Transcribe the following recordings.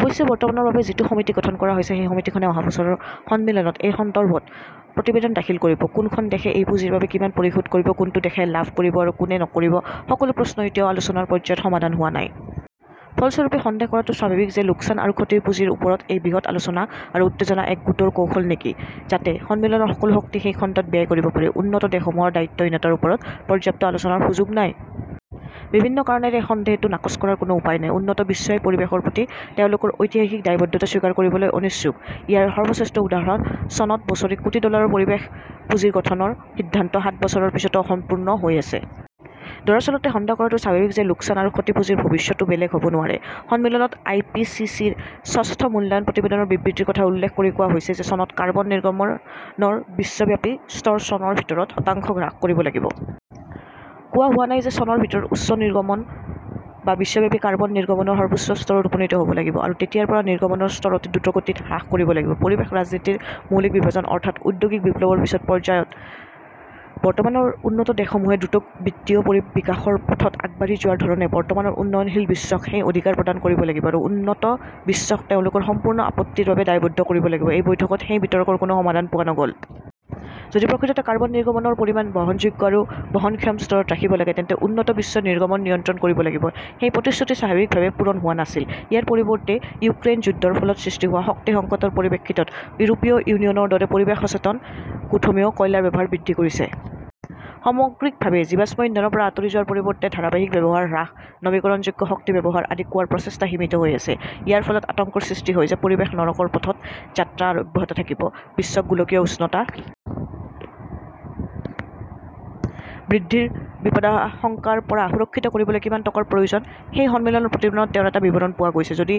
অৱশ্যে, বৰ্তমানৰ বাবে, যিটো সমিতি গঠন কৰা হৈছে, সেই সমিতিখনে অহা বছৰৰ সন্মিলনত এই সন্দৰ্ভত প্ৰতিবেদন দাখিল কৰিব। কোনখন দেশে এই পুঁজিৰ বাবে কিমান পৰিশোধ কৰিব, কোনটো দেশে লাভ কৰিব আৰু কোনে নকৰিব, সকলো প্ৰশ্ন এতিয়াও আলোচনাৰ পৰ্যায়ত সমাধান হোৱা নাই। ফলস্বৰূপে, সন্দেহ কৰাটো স্বাভাৱিক যে লোকচান আৰু ক্ষতি পুঁজিৰ ওপৰত এই বৃহৎ আলোচনা আৰু উত্তেজনা এক গোটৰ কৌশল নেকি, যাতে সন্মিলনৰ সকলো শক্তি সেই খণ্ডত ব্যয় কৰিব পাৰি, উন্নত দেশসমূহৰ দায়িত্বহীনতাৰ ওপৰত পৰ্যাপ্ত আলোচনাৰ সুযোগ নাই? বিভিন্ন কাৰণত এই সন্দেহটো নাকচ কৰাৰ কোনো উপায় নাই। উন্নত বিশ্বই পৰিৱেশৰ প্ৰতি তেওঁলোকৰ ঐতিহাসিক দায়বদ্ধতা স্বীকাৰ কৰিবলৈ অনিচ্ছুক-ইয়াৰ সৰ্বশ্ৰেষ্ঠ উদাহৰণ, চনত বছৰি কোটি ডলাৰৰ পৰিৱেশ পুঁজি গঠনৰ সিদ্ধান্ত, সাত বছৰৰ পিছতো অসম্পূৰ্ণ হৈ আছে। দৰাচলতে, সন্দেহ কৰাটো স্বাভাৱিক যে লোকচান আৰু ক্ষতি পুঁজিৰ ভৱিষ্যতও বেলেগ হ "ব নোৱাৰে। সন্মিলনত আই. পি. চি. চি. -ৰ ষষ্ঠ মূল্যায়ন প্ৰতিবেদনৰ বিবৃতিৰ কথা উল্লেখ কৰি কোৱা হৈছিল যে চনত কাৰ্বন নিৰ্গমনৰ বিশ্বব্যাপী স্তৰ চনৰ ভিতৰত শতাংশ হ্ৰাস কৰিব লাগিব। কোৱা হোৱা নাই যে চনৰ ভিতৰত উচ্চ নিৰ্গমন বা বিশ্বব্যাপী কাৰ্বন নিৰ্গমনৰ সৰ্বোচ্চ স্তৰত উপনীত হ 'ব লাগিব, আৰু তেতিয়াৰ পৰা নিৰ্গমনৰ স্তৰ অতি দ্ৰুতগতিত হ্ৰাস কৰিব লাগিব। পৰিৱেশ ৰাজনীতিৰ মৌলিক বিভাজন, অৰ্থাৎ ঔদ্যোগিক বিপ্লৱৰ পিছৰ পৰ্যায়ত বৰ্তমানৰ উন্নত দেশসমূহে দ্ৰুত বিত্তীয় বিকাশৰ পথত আগবাঢ়ি যোৱাৰ ধৰণে বৰ্তমানৰ উন্নয়নশীল বিশ্বক সেই অধিকাৰ প্ৰদান কৰিব লাগিব, আৰু উন্নত বিশ্বক তেওঁলোকৰ সম্পূৰ্ণ আপত্তিৰ বাবে দায়বদ্ধ কৰিব লাগিব-এই বৈঠকত সেই বিতৰ্কৰ কোনো সমাধান পোৱা নগ "ল। যদি প্ৰকৃততে কাৰ্বন নিৰ্গমনৰ পৰিমাণ বহনযোগ্য আৰু বহনক্ষম স্তৰত ৰাখিব লাগে, তেন্তে উন্নত বিশ্বই নিৰ্গমন নিয়ন্ত্ৰণ কৰিব লাগিব। সেই প্ৰতিশ্ৰুতি স্বাভাৱিকভাৱেই পূৰণ হোৱা নাছিল। ইয়াৰ পৰিৱৰ্তে, ইউক্ৰেইন যুদ্ধৰ ফলত সৃষ্টি হোৱা শক্তি সংকটৰ পৰিপ্ৰেক্ষিতত ইউৰোপীয় ইউনিয়নৰ দৰে 'পৰিৱেশ সচেতন "গোটসমূহেও কয়লাৰ ব্যৱহাৰ বৃদ্ধি কৰিছে। সামগ্ৰিকভাৱে, জীৱাশ্ম ইন্ধনৰ পৰা আঁতৰি যোৱাৰ পৰিৱৰ্তে "ধাৰাবাহিক ব্যৱহাৰ হ্ৰাস", "নৱীকৰণযোগ্য শক্তি ব্যৱহাৰ" আদি কোৱাৰ প্ৰচেষ্টা সীমিত হৈ আছে। ইয়াৰ ফলত আতংকৰ সৃষ্টি হয় যে পৰিৱেশ-নৰকৰ পথত যাত্ৰা অব্যাহত থাকিব। বিশ্বক গোলকীয় উষ্ণতা বৃদ্ধিৰ বিপদাশংকাৰ পৰা সুৰক্ষিত কৰিবলৈ কিমান টকাৰ প্ৰয়োজন, এই সন্মিলনৰ প্ৰতিবেদনত তেওঁৰ এটা বিৱৰণ পোৱা গৈছে-যদি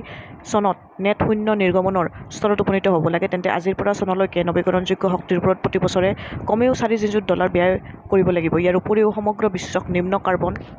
চনত 'নেট শূন্য "নিৰ্গমনৰ স্তৰত উপনীত হ' ব লাগে, তেন্তে আজিৰ পৰা চনলৈকে নৱীকৰণযোগ্য শক্তিৰ ওপৰত প্ৰতি বছৰে কমেও চাৰি নিযুত ডলাৰ ব্যয় কৰিব লাগিব। ইয়াৰ উপৰিও, সমগ্ৰ বিশ্বক 'নিম্ন কাৰ্বন